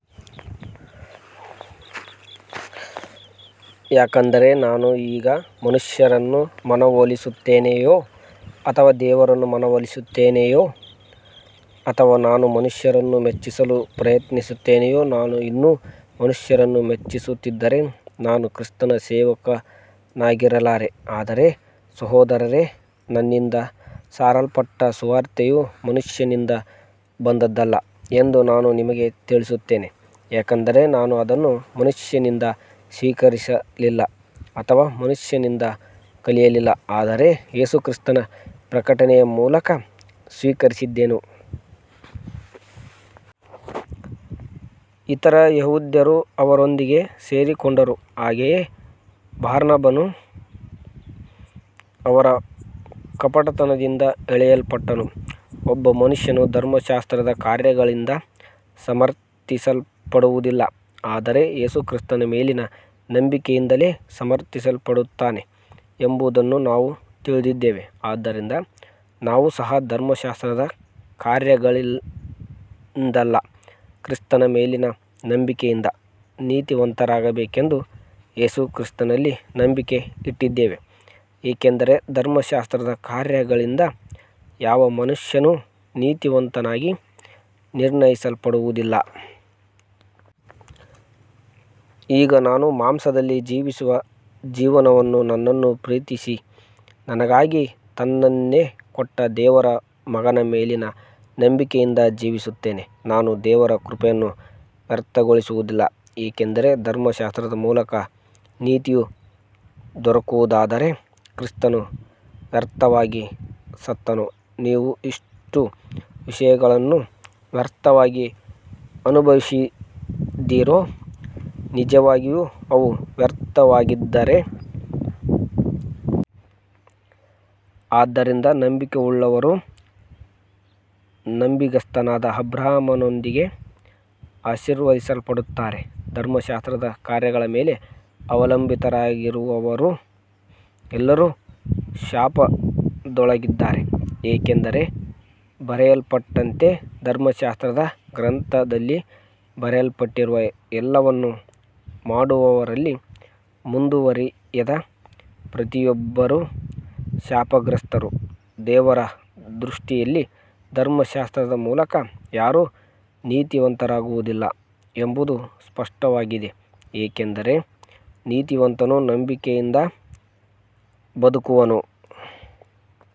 ಯಾಕಂದರೆ ನಾನು ಈಗ ಮನುಷ್ಯರನ್ನು ಮನವೊಲಿಸುತ್ತೇನೆಯೋ ಅಥವಾ ದೇವರನ್ನು ಮನವೊಲಿಸುತ್ತೇನೆಯೋ, ಅಥವಾ ನಾನು ಮನುಷ್ಯರನ್ನು ಮೆಚ್ಚಿಸಲು ಪ್ರಯತ್ನಿಸುತ್ತೇನೆಯೋ, ನಾನು ಇನ್ನೂ ಮನುಷ್ಯರನ್ನು ಮೆಚ್ಚಿಸುತ್ತಿದ್ದರೆ ನಾನು ಕ್ರಿಸ್ತನ ಸೇವಕನಾಗಿರಲಾರೆ. ಆದರೆ ಸಹೋದರರೇ, ನನ್ನಿಂದ ಸಾರಲ್ಪಟ್ಟ ಸುವಾರ್ತೆಯು ಮನುಷ್ಯನಿಂದ ಬಂದದ್ದಲ್ಲ ಎಂದು ನಾನು ನಿಮಗೆ ತಿಳಿಸುತ್ತೇನೆ. ಯಾಕಂದರೆ ನಾನು ಅದನ್ನು ಮನುಷ್ಯನಿಂದ ಸ್ವೀಕರಿಸಲಿಲ್ಲ, ಅಥವಾ ಮನುಷ್ಯನಿಂದ ಕಲಿಯಲಿಲ್ಲ, ಆದರೆ ಯೇಸು ಕ್ರಿಸ್ತನ ಪ್ರಕಟನೆಯ ಮೂಲಕ ಸ್ವೀಕರಿಸಿದೆನು. ಇತರ ಯೆಹೂದ್ಯರೂ ಅವನೊಂದಿಗೆ ಸೇರಿಕೊಂಡರು, ಹಾಗೆಯೇ ಬಾರ್ನಬನೂ ಅವರ ಕಪಟತನದಿಂದ ಎಳೆಯಲ್ಪಟ್ಟನು. ಒಬ್ಬ ಮನುಷ್ಯನು ಧರ್ಮಶಾಸ್ತ್ರದ ಕಾರ್ಯಗಳಿಂದ ಸಮರ್ಥಿಸಲ್ಪಡುವುದಿಲ್ಲ, ಆದರೆ ಯೇಸು ಕ್ರಿಸ್ತನ ಮೇಲಿನ ನಂಬಿಕೆಯಿಂದಲೇ ಸಮರ್ಥಿಸಲ್ಪಡುತ್ತಾನೆ ಎಂಬುದನ್ನು ನಾವು ತಿಳಿದಿದ್ದೇವೆ. ಆದ್ದರಿಂದ ನಾವು ಸಹ ಧರ್ಮಶಾಸ್ತ್ರದ ಕಾರ್ಯಗಳಿಂದಲ್ಲ, ಕ್ರಿಸ್ತನ ಮೇಲಿನ ನಂಬಿಕೆಯಿಂದ ನೀತಿವಂತರಾಗಬೇಕೆಂದು ಯೇಸು ಕ್ರಿಸ್ತನಲ್ಲಿ ನಂಬಿಕೆ ಇಟ್ಟಿದ್ದೇವೆ, ಏಕೆಂದರೆ ಧರ್ಮಶಾಸ್ತ್ರದ ಕಾರ್ಯಗಳಿಂದ ಯಾವ ಮನುಷ್ಯನೂ ನೀತಿವಂತನಾಗಿ ನಿರ್ಣಯಿಸಲ್ಪಡುವುದಿಲ್ಲ. ಈಗ ನಾನು ಮಾಂಸದಲ್ಲಿ ಜೀವಿಸುವ ಜೀವನವನ್ನು ನನ್ನನ್ನು ಪ್ರೀತಿಸಿ ನನಗಾಗಿ ತನ್ನನ್ನೇ ಕೊಟ್ಟ ದೇವರ ಮಗನ ಮೇಲಿನ ನಂಬಿಕೆಯಿಂದ ಜೀವಿಸುತ್ತೇನೆ. ನಾನು ದೇವರ ಕೃಪೆಯನ್ನು ವ್ಯರ್ಥಗೊಳಿಸುವುದಿಲ್ಲ, ಏಕೆಂದರೆ ಧರ್ಮಶಾಸ್ತ್ರದ ಮೂಲಕ ನೀತಿಯು ದೊರಕುವುದಾದರೆ ಕ್ರಿಸ್ತನು ವ್ಯರ್ಥವಾಗಿ ಸತ್ತನು. ನೀವು ಇಷ್ಟು ವಿಷಯಗಳನ್ನು ವ್ಯರ್ಥವಾಗಿ ಅನುಭವಿಸಿದ್ದೀರೋ, ನಿಜವಾಗಿಯೂ ಅವು ವ್ಯರ್ಥವಾಗಿದ್ದರೆ. ಆದ್ದರಿಂದ ನಂಬಿಕೆಯುಳ್ಳವರು ನಂಬಿಗಸ್ತನಾದ ಅಬ್ರಹಾಮನೊಂದಿಗೆ ಆಶೀರ್ವದಿಸಲ್ಪಡುತ್ತಾರೆ. ಧರ್ಮಶಾಸ್ತ್ರದ ಕಾರ್ಯಗಳ ಮೇಲೆ ಅವಲಂಬಿತರಾಗಿರುವವರು ಎಲ್ಲರೂ ಶಾಪದೊಳಗಿದ್ದಾರೆ, ಏಕೆಂದರೆ ಬರೆಯಲ್ಪಟ್ಟಂತೆ, ಧರ್ಮಶಾಸ್ತ್ರದ ಗ್ರಂಥದಲ್ಲಿ ಬರೆಯಲ್ಪಟ್ಟಿರುವ ಎಲ್ಲವನ್ನೂ ಮಾಡುವುದರಲ್ಲಿ ಮುಂದುವರಿಯದ ಪ್ರತಿಯೊಬ್ಬರೂ ಶಾಪಗ್ರಸ್ತರು. ದೇವರ ದೃಷ್ಟಿಯಲ್ಲಿ ಧರ್ಮಶಾಸ್ತ್ರದ ಮೂಲಕ ಯಾರೂ ನೀತಿವಂತರಾಗುವುದಿಲ್ಲ ಎಂಬುದು ಸ್ಪಷ್ಟವಾಗಿದೆ, ಏಕೆಂದರೆ ನೀತಿವಂತನು ನಂಬಿಕೆಯಿಂದ ಬದುಕುವನು.